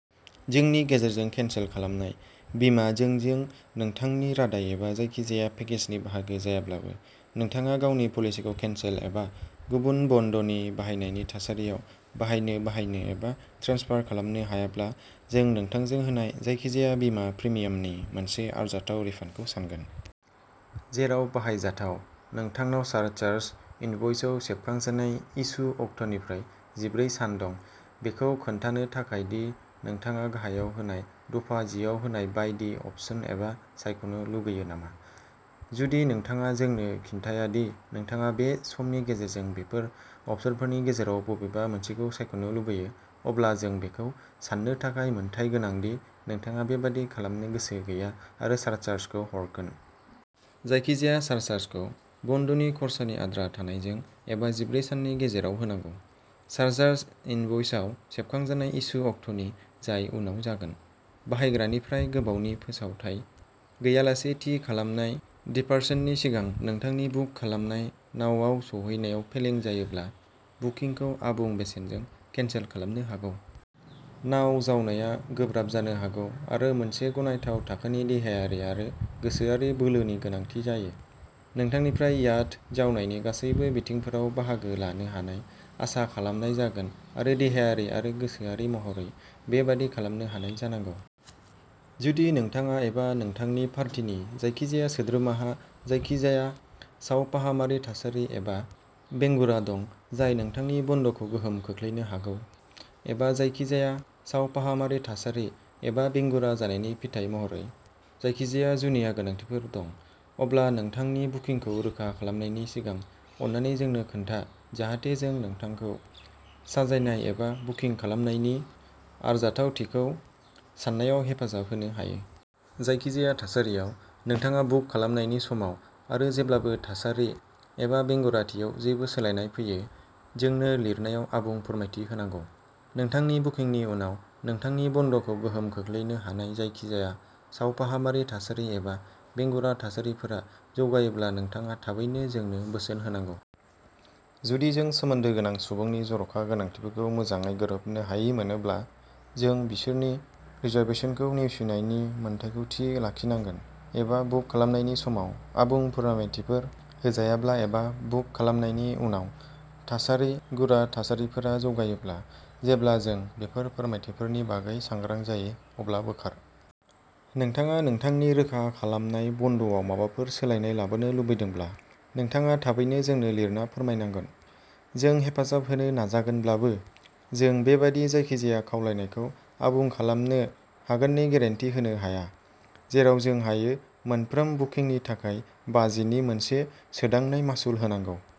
जोंनि गेजेरजों केनसेल खालामनाय। बीमा जोंजों नोंथांनि रादाय एबा जायखिजाया पेकेजनि बाहागो जायाब्लाबो, नोंथाङा गावनि पलिसिखौ केनसेल एबा गुबुन बन्दनि बायनायनि थासारियाव बाहायनो बाहायनो एबा ट्रेन्सफार खालामनो हायाब्ला जों नोंथांजों होनाय जायखिजाया बीमा प्रिमियामनि मोनसे आरजाथाव रिफन्डखौ सानगोन। जेराव बाहायजाथाव, नोंथांनाव सारचार्ज इनभ'इसआव सेबखांजानाय इस्यू अक्टनिफ्राय जिब्रै सान दं, बेखौ खोन्थानो थाखाय दि नोंथाङा गाहायाव होनाय दफा जिआव होनाय बायदि अपसन एबा सायख'नो लुगैयो नामा। जुदि नोंथाङा जोंनो खिन्थिया दि नोंथाङा बे समनि गेजेराव बेफोर अपसनफोरनि गेजेराव बबेबा मोनसेखौ सायख'नो लुगैयो, अब्ला जों बेखौ सान्नो थाखाय मोनथाय गोनां दि नोंथाङा बेबादि खालामनो गोसो गैया आरो सारचार्जखौ हरगोन। जायखिजाया सारचार्जखौ बन्दनि खरसानि आद्रा थानायजों एबा जिब्रै साननि गेजेराव होनांगौ। सारचार्ज इनभ'इसआव सेबखांजानाय इस्यूनि अक्ट'नि, जाय उनाव जागोन। बाहायग्रानिफ्राय गोबावनि फोसावथाइ गैयालासे थि खालामनाय दिपार्चननि सिगां नोंथांनि बुक खालामनाय नावआव सौहैनायाव फेलें जायोब्ला बुकिंखौ आबुं बेसेनजों केनसेल खालामनो हागौ। नाव जावनाया गोब्राब जानो हागौ आरो मोनसे गनायथाव थाखोनि देहायारि आरो गोसोआरि बोलोनि गोनांथि जायो। नोंथांनिफ्राय याट जावनायनि गासैबो बिथिंफोराव बाहागो लानो हानाय आसा खालामनाय जागोन आरो देहायारि आरो गोसोआरि महरै बेबादि खालामनो हानाय जानांगौ। जुदि नोंथाङा एबा नोंथांनि पार्टीनि जायखिजाया सोद्रोमाहा जायखिजाया सावफाहामारि थासारि एबा बेंगुरा दं जाय नोंथांनि बन्द'खौ गोहोम खोख्लैनो हागौ एबा जायखिजाया सावफाहामारि थासारि एबा बेंगुरा जानायनि फिथाय महरै जायखिजाया जुनिया गोनांथिफोर दं, अब्ला नोंथांनि बुकिंखौ रोखा खालामनायनि सिगां अन्नानै जोंनो खोन्था जाहाथे जों नोंथांखौ साजायनाय आरो बुकिं खालामनायनि आरजाथावथिखौ सान्नायाव हेफाजाब होनो हायो। जायखिजाया थासारियाव, नोंथाङा बुक खालामनायनि समाव आरो जेब्लानो थासारि एबा बेंगुराथियाव जेबो सोलायनाय फैयो, जोंनो लिरनायाव आबुं फोरमायथि होनांगौ। नोंथांनि बुकिंनि उनाव नोंथांनि बन्द'खौ गोहोम खोख्लैनो हानाय जायखिजाया सावफाहामारि थासारि एबा बेंगुरा थासारिफोरा जौगायोब्ला नोंथाङा थाबैनो जोंनो बोसोन होनांगौ। जुदि जों सोमोन्दो गोनां सुबुंनि जर'खा गोनांथिफोरखौ मोजाङै गोरोबहोनो हायि मोनोब्ला, जों बिसोरनि रिजार्भेसनखौ नेवसिनायनि मोन्थाइखौ थि लाखिनांगोन एबा, बुक खालामनायनि समाव आबुं फोरमायथिफोर होजायाब्ला एबा बुक खालामनायनि उनाव थासारि गुरा थासारिफोरा जौगायोब्ला, जेब्ला जों बेफोर फोरमायथिफोरनि बागै सांग्रां जायो, अब्ला बोखार। नोंथाङा नोंथांनि रोखा खालामनाय बन्द'आव माबाफोर सोलायनाय लाबोनो लुबैदोंब्ला, नोंथाङा थाबैनो जोंनो लिरना फोरमायनांगोन। जों हेफाजाब होनो नाजागोनब्लाबो, जों बेबादि जायखिजाया खावलायनायखौ आबुं खालामनो हागोननि ग्यारान्टि होनो हाया। जेराव जों हायो, मोनफ्रोम बुकिंनि थाखाय बाजिनि मोनसे सोदांनाय मासुल होनांगौ।